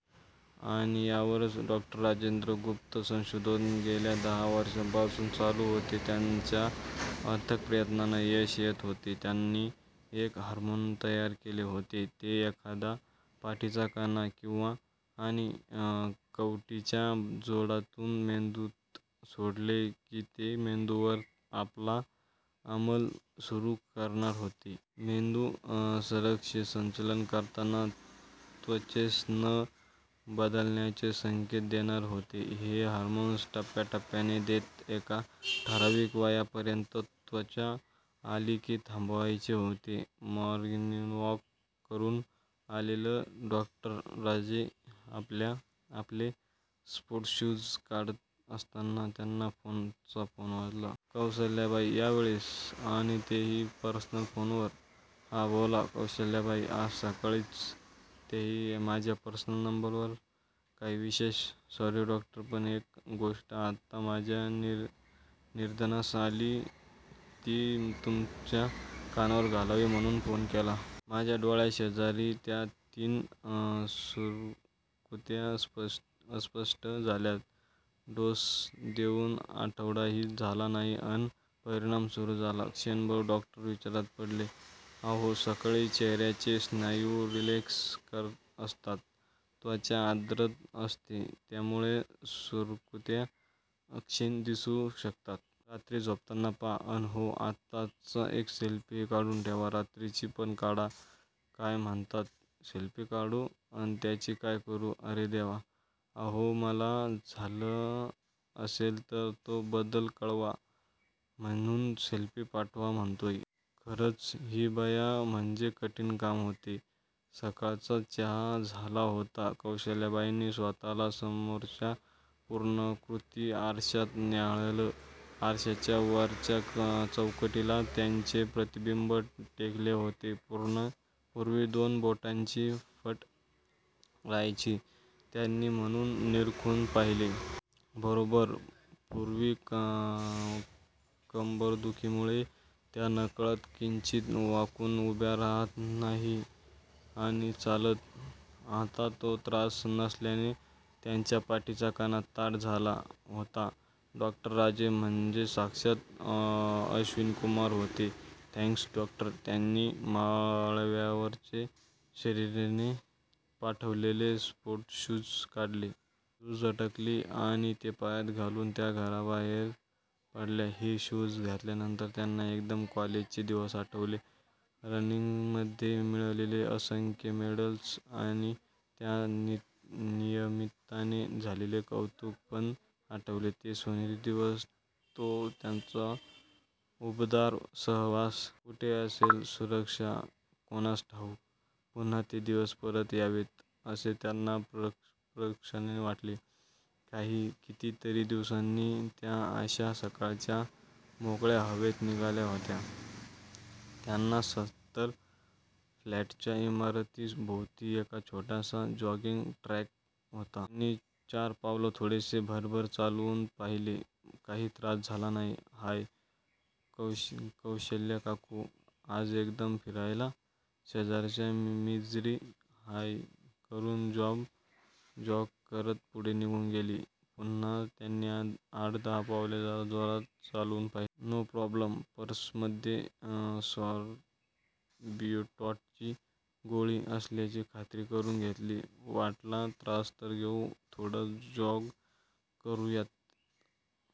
आणि यावरच डॉ. राजेंद्र गुप्त संशोधन गेल्या दहा वर्षांपासून चालू होते त्यांच्या अथक प्रयत्नांना यश येत होते, त्यांनी एक हार्मोन तयार केले होते. ते एकादा पाठीचा कणा किंवा आणि कवटीच्या जोडातून मेंदूत सोडले कि ते मेंदूवर आपला आमल सुरु करणार होते. मेंदू शरीरसंचलन करताना, त्वचेस न बदलण्याचे संकेत देणार होते, हे हार्मोन टप्या -टप्याने देत एका ठराविक वया पर्यंत त्वचा आली कि थांबायचे होते. मॉर्निगवॉक करून आलेलं डॉ. राजे आपल्या आपले स्पोर्टशूज काढत असताना त्यांना त्यांचा फोन वाजला. कौसल्याबाई या वेळेस आणि तेही पर्सनल फोनवर हा, बोला कौसल्याबाई. आज सकाळीच तेही माझ्या पर्सनल नंबरवर काही विशेष सॉरी !डॉक्टर पण एक गोष्ट आत्ता माझ्या निदर्शनास आलीय. ती तुमच्या कानावर घालावी म्हणून फोन केला. माझ्या डोळ्या शेजारच्या त्या तीन सुरकुत्या अस्पष्ट झाल्यात, डोस देऊन आठवडाही झाला नाही अन परिणाम सुरु झाला, क्षणभर डॉक्टर विचारात पडले. अहो! सकाळी चेहऱ्याचे स्नायू रिलॅक्स असतात, त्वचा आरद्र असते, त्यामुळे सुरकुत्या क्षीण दिसू शकतात! रात्री झोपताना पहा अन हो, आत्ताचा एक सेल्फी काढून ठेवा रात्रीची पण काढा काय म्हणता, सेल्फी काढू? अन त्याच काय करू? "अरे देवा! अहो मला, झाला असेल तर, तो बदल कळवा, म्हणून सेल्फी पाठवा म्हणतोय. खरचं हि बया म्हणजे कठीण काम होते. सकाळचा चहा झाला होता. कौसल्याबाईंनी स्वतःला समोरच्या पूर्णाकृती आरश्यात न्याहाळलं. आरशाच्या वरच्या चौकटीला त्यांचे प्रतिबिंब टेकले होते. पुर्ण पूर्वी दोन बोटांची फट रहायची, त्यांनी पुन्हा निरखून पहिले. बरोबर! पूर्वी कंबरदुखीमुळे त्या नकळत किंचित वाकून उभ्या राहत आणि चालत. आता तो त्रास नसल्याने त्यांच्या पाठीचा कणा ताठ झाला होता, डॉ. राजे म्हणजे साक्षात 'अश्विनीकुमार' होते, थँक्स डॉक्टर! त्यांनी माळ्यावरचे, शरीने पाठवलेले स्पोर्टशूज काढले. धूळ झटकली आणि ते पायात घालून त्या घराबाहेर पडल्या. हे शूज घातल्या नंतर त्यांना एकदम कॉलेजचे दिवस आठवले. रनिंगमध्ये मिळालेली असंख्य मेडल्स आणि त्या निम निमित्याने झालेले कौतुक पण आठवले, ते सोनेरी दिवस! तो त्याचा उबदार सहवास. कुठे असेल सुरक्षा कोणास ठाऊक? पुन्हा ते दिवस परत यावेत, असे त्यांना प्रकर्षाने वाटले. किती तरी दिवसांनी, त्या अश्या सकाळच्या मोकळ्या हवेत निघाल्या होत्या. त्यांना सत्तर फ्लॅटच्या इमारती भोवती एक छोटासा जॉगिंग ट्राक होता. त्यांनी चार पावलं थोडेसे भरभर चालून पहिले. काही त्रास झाला नाही. "हाय, कौशल्य काकू आज एकदम फिरायला? " शेजारची मंजिरी, हाय करून जॉग करत पुढे निघून गेली. पुन्हा त्यांनी आठ दहा पावले जरा जोरात चालून पहिले. No problem! पर्स मध्ये सॉरबिटॉटची गोळी असल्याची खात्री करून घेतली, वाटला त्रास तर घेऊ थोडं जॉग करूयात.